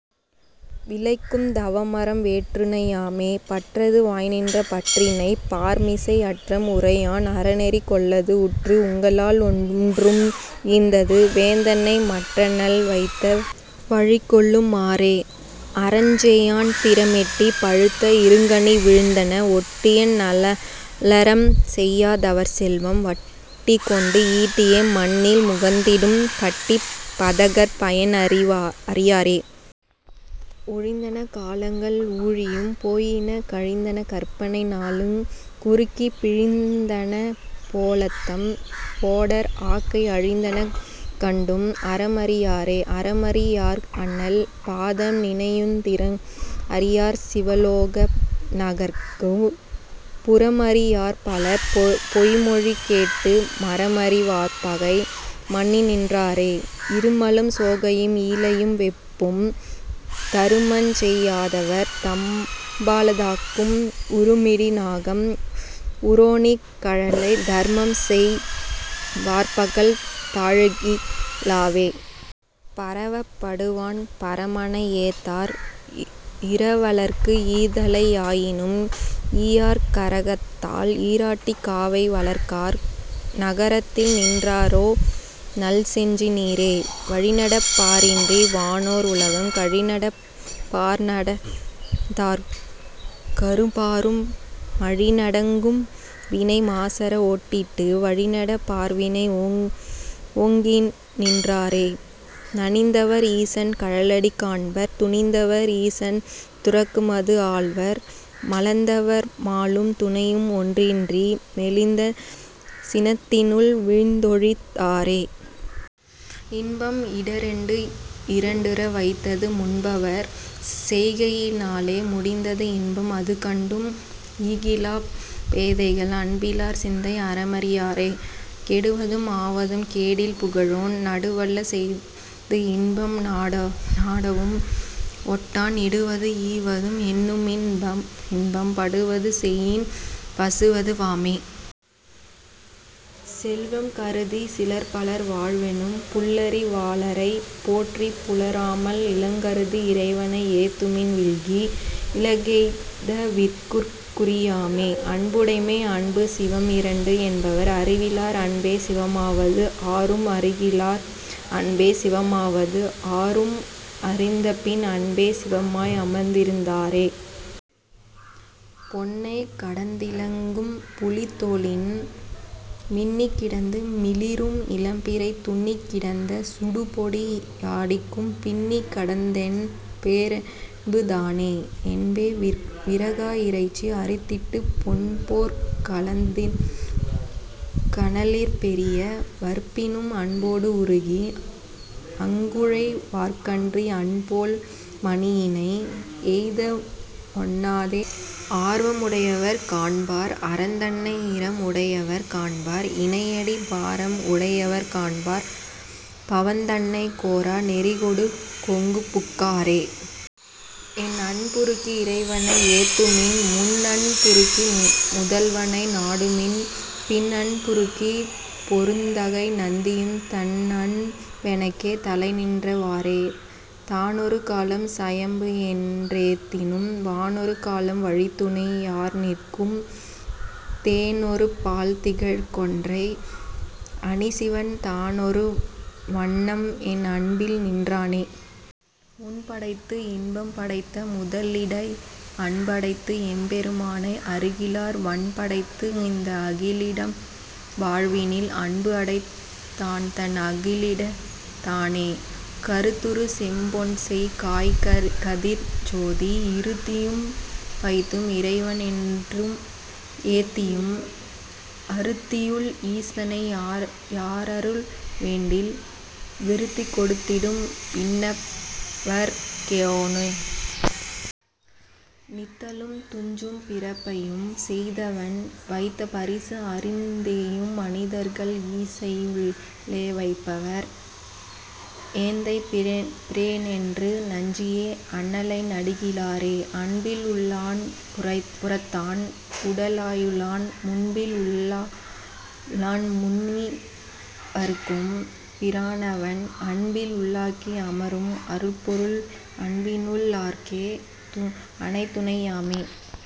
விளைக்கும் தவமறம் மேற்றுணை யாமே. பற்றது வாய்நின்ற பற்றினைப் பார்மிசை அற்றம் உரையான் அறநெறிக் கல்லது உற்று உங்களால் ஒன்றும் ஈந்தது வேதுணை மற்றண்ணல் வைத்த வழிகொள்ளு மாறே... அறஞ்செயான் திறம் எட்டி பழுத்த இருங்கனி வீழ்ந்தன ஒட்டிய நல்லறம் செய்யா தவர்செல்வம் வட்டிகொணடு ஈட்டியே மண்ணில் முகந்திடும் பட்டிப் பதகர் பயன்அறி யாரே. ஒழிந்தன காலங்கள் ஊழியும் போயின கழிந்தன கற்பனை நாளுங் குறுகிப் பிழிந்தன போலத்தம் போடர் ஆக்கை அழிந்தன கண்டும் அறம்அறி யாரே. அறம்அறி யார்அண்ணல் பாதம் நினையுந் திறம்அறி யார்சிவ லோக நகர்க்குப் புறம்அறி யார்பலர் பொய்மொழி கேட்டு மறம்அறி வார்பகை மன்னிநின் றாரே. இருமலும் சோகையும் ஈளையும் வெப்பும் தருமஞ்செய் யாதவர் தம்பால தாகும் உருமிடி நாகம் உரோணி கழலை தருமம்செய் வார்பக்கல் தாழகி லாவே. பரவப் படுவான் பரமனை ஏத்தார் இரவலர்க்கு ஈதலை யாயினும் ஈயார் கரகத்தால் நீராட்டிக் காவை வளர்க்கார் நரகத்தில் நிற்றிரோ நல்நெஞ்சி னீரே. வழிநடப் பாரின்றி வானோர் உலகம் கழிநடப் பார்நடந் தார்கருப் பாரும் மழிநடக் கும்வினை மாசற ஓட்டிட்டு வழிநடப் பார்வினை ஓங்கிநின் றாரே. கனிந்தவர் ஈசன் கழலடி காண்பர் துணிந்தவர் ஈசன் துறக்கமது ஆள்வர் மலிந்தவர் மாளும் துணையும்ஒன் றின்றி மெலிந்த சினத்தினுள் வீழ்ந்தொழிந் தாரே. இன்பம் இடரென்று இரண்டுற வைத்தது முன்பவர் செய்கையி னாலே முடிந்தது இன்பம் அதுகண்டும் ஈகிலாப் பேதைகள் அன்பிலார் சிந்தை அறமறி யாரே. கெடுவதும் ஆவதும் கேடில் புகழோன் நடுவல்ல செய்து இன்பம் நாடவும் ஒட்டான் இடுவதும் ஈவதும் எண்ணுமின் இன்பம் படுவது செய்யின் பசுவது வாமே. செல்வம் கருதிச் சிலர்பலர் வாழ்வெனும் புல்லறி வாளரைப் போற்றிப் புலராமல் இல்லங் கருதி இறைவனை ஏத்துமின் வில்லி இலக்கெய்த விற்குறி யாமே... அன்புடைமை அன்பு சிவம் இரண்டு என்பர் அறிவிலார் அன்பே சிவமாவது ஆரும் அறிகிலார் அன்பே சிவமாவது ஆரும் அறிந்தபின் அன்பே சிவமாய் அமர்ந்திருந் தாரே. பொன்னைக் கடந்திலங் கும்புலித் தோலினன் மின்னிக் கிடந்து மிளிரும் இளம்பிறை துன்னிக் கிடந்த சுடுபொடி யாடிக்குப் பின்னிக் கிடந்ததென் பேரன்பு தானே. என்பே விறகா இறைச்சி அறுத்திட்டுப் பொன்போற் கனலிற் பெரிய வறுப்பினும் அன்போடு உருகி அங்குழை வார்க்கன்றி என்போல் மணியினை எய்தஒண் ணாதே. ஆர்வம் உடையவர் காண்பார் அரன்தன்னை ஈரம் உடையவர் காண்பார் இணையடி பாரம் உடையவர் காண்பார் பவந்தன்னைக் கோர நெறிகொடு கொங்குபுக் காரே. என்அன் புருக்கி இறைவனை ஏத்துமின் முன்அன் புருக்கி முதல்வனை நாடுமின் பின்அன் புருக்கிப் பெருந்தகை நந்தியும் தன்அன் பெனக்கே தலைநின்ற வாறே. தானொரு காலம் சயம்பு என் றேத்தினும் வானொரு காலம் வழித்துணை யாய்நிற்கும் தேனொரு பால்திகழ் கொன்றை அணிசிவன் தானொரு வண்ணம்என் அன்பில்நின் றானே. முன்படைத்து இன்பம் படைத்த முதலிடை அன்புஅடைத்து எம்பெரு மானை அறிகிலார் வன்படைத்து இந்த அகலிடம் வாழ்வினில் அன்புஅடைத் தான்தன் அகலிடத் தானே. கருத்துறு செம்பொன்செய் காய்கதிர்ச் சோதி இருத்தியும் வைத்தும் இறைவன் என்று ஏத்தியும் அருத்தியுள் ஈசனை யாரருள் வேண்டில் விருத்தி கொடுத்திடும் விண்ணவர் கோனே. நித்தலும் துஞ்சும் பிறப்பையும் செய்தவன் வைத்த பரிசு அறிந் தேயும் மனிதர்கள் இச்சையு ளேவைப்பர் எந்தை பிரானென்று நச்சியே அண்ணலை நாடுகி லாரே. அன்பின் உள் ளான்புறத்தான் உட லாயுளான் முன்பின்உள் ளான்முனி வர்க்கும் பிரானவன் அன்பின்உள் ளாகி அமரும் அரும்பொருள் அன்பினுள் ளார்க்கே அணைதுணை யாமே...